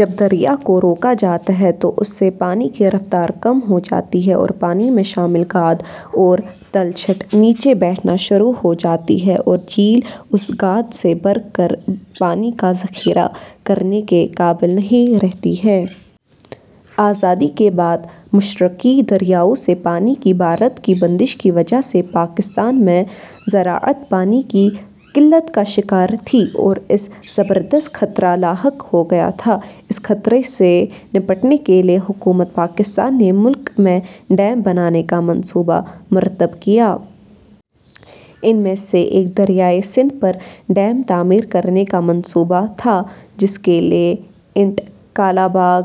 جب دریا کو روکا جاتا ہے تو اس سے پانی کی رفتار کم ہوجاتی ہے اور پانی میں شامل گاد اور تلچھٹ نیچے بیٹھنا شروع ہوجاتی ہے اور جھیل اس گاد سے بھر کر پانی کا ذخیرہ کرنے کے قابل نہیں رہتی ہے۔ آزادی کے بعد مشرقی دریاؤں سے پانی کی بھارت کی بندش کی وجہ سے پاکستان میں زراعت پانی کی قلت کا شکار تھی اور اسے زبردست خطرہ لاحق ہو گیا تھا۔ اس خطرے سے نمٹنے کے لیے حکومت پاکستان نے ملک میں ڈیم بنانے کا منصوبہ مرتب کیا۔ ان میں سے ایک دریائے سندھ پر ڈیم تعمیر کرنے کا منصوبہ تھا۔ جس کے لیے اٹک، کالاباغ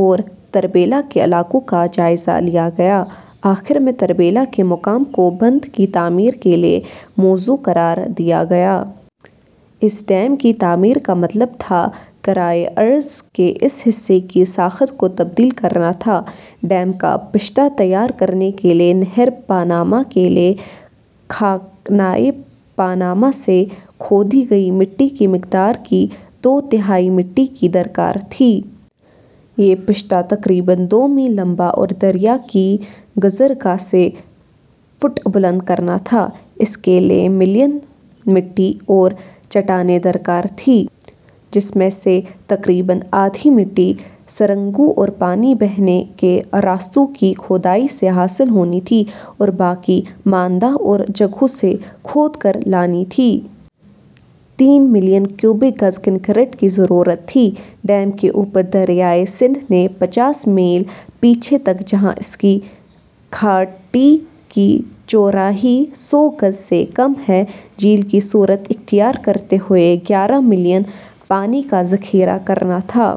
اور تربیلا کے علاقوں کا جائزہ لیا گیا۔ آخر ء میں تربیلا کے مقام کو بند کی تعمیر کے لیے موزوں قرار دیا گیا۔ اس ڈیم کی تعمیر کا مطلب تھا کرہ ارض کے اس حصہ کی ساخت کو تبدیل کرنا تھا۔ ڈیم کا پشتہ تیار کرنے کے لیے نہر پانامہ کے لیے خاکنائے پانامہ سے کھودی گئی مٹی کی مقدار کی دو تہائی مٹی کی درکار تھی۔ یہ پشتہ تقریباً دو میل لمبا اور دریا کی گذر گاہ سے فٹ بلند کرنا تھا۔ اس کے لیے ملین مٹی اور چٹانیں درکار تھیں۔ جس میں سے تقریباً آدھی مٹی سرنگوں اور پانی بہنے کے راستوں کی کھودائی سے حاصل ہونی تھی اور باقی ماندہ اور جگہوں سے کھود کر لانی تھی۔ تین ملین کیوبک گز کنکریٹ کی ضرورت تھی۔ ڈیم کے اوپر دریائے سندھ نے پچاس میل پیچھے تک جہاں اس کی گھاٹی کی چورائی سو گز سے کم ہے جھیل کی صورت اختیار کرتے ہوئے گیارہ ملین پانی کا ذخیرہ کرنا تھا۔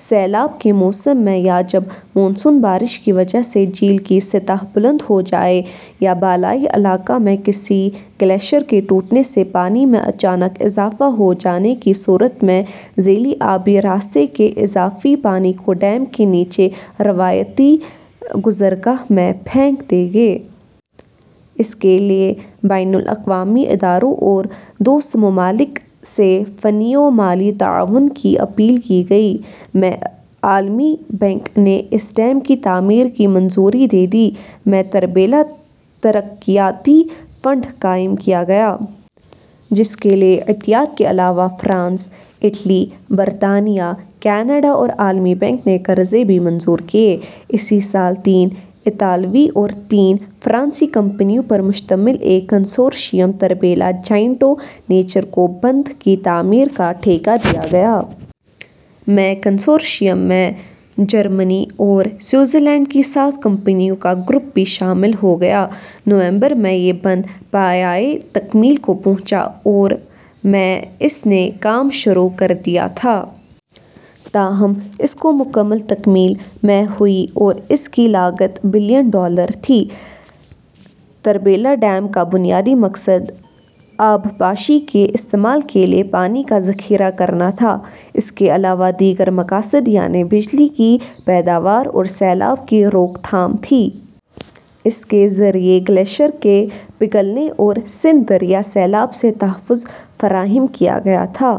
سیلاب کے موسم میں یا جب مون سون بارش کی وجہ سے جھیل کی سطح بلند ہوجائے یا بالائی علاقہ میں کسی گلیشر کے ٹوٹنے سے پانی میں اچانک اضافہ ہوجانے کی صورت میں ذیلی آبی راستے کے اضافی پانی کو ڈیم کے نیچے روایتی گزرگاہ میں پھینک دیں گے۔ اس کے لیے بین الاقوامی اداروں اور دوست ممالک سے فنی و مالی تعاون کی اپیل کی گئی۔ ء میں عالمی بینک نے اس ڈیم کی تعمیر کی منظوری دے دی۔ ء میں تربیلا ترقیاتی فنڈ قائم کیا گیا۔ جس کے لیے عطیات کے علاوہ فرانس، اٹلی، برطانیہ، کینڈا اور عالمی بینک نے قرضے بھی منظور کیے۔ اسی سال تین اطالوی اور تین فرانسیسی کمپنیوں پر مشتمل ایک consortium Tarbela joint venture کو بند کی تعمیر کا ٹھیکا دیا گیا۔ ء میں کنسورشیم میں جرمنی اور سوءٹزرلینڈ کی سات کمپنیوں کا گروپ بھی شامل ہو گیا۔ نومبر ء میں یہ بند پایہَ تکمیل کو پہنچا اور ء میں اس نے کام شروع کر دیا تھا۔ تاہم اس کو مکمل تکمیل ء میں ہوئی اور اس کی لاگت بلین ڈالر تھی۔ تربلا ڈیم کا بنیادی مقصد آبپاشی کے استعمال کے لیے پانی کا ذخیرہ کرنا تھا۔ اس کے علاوہ دیگر مقاصد یعنی بجلی کی پیداوار اور سیلاب کی روک تھام تھی۔ اس کے ذریعہ گلیشر کے پگھلنے اور سندھ دریا سیلاب سے تحفظ فراہم کیا گیا تھا۔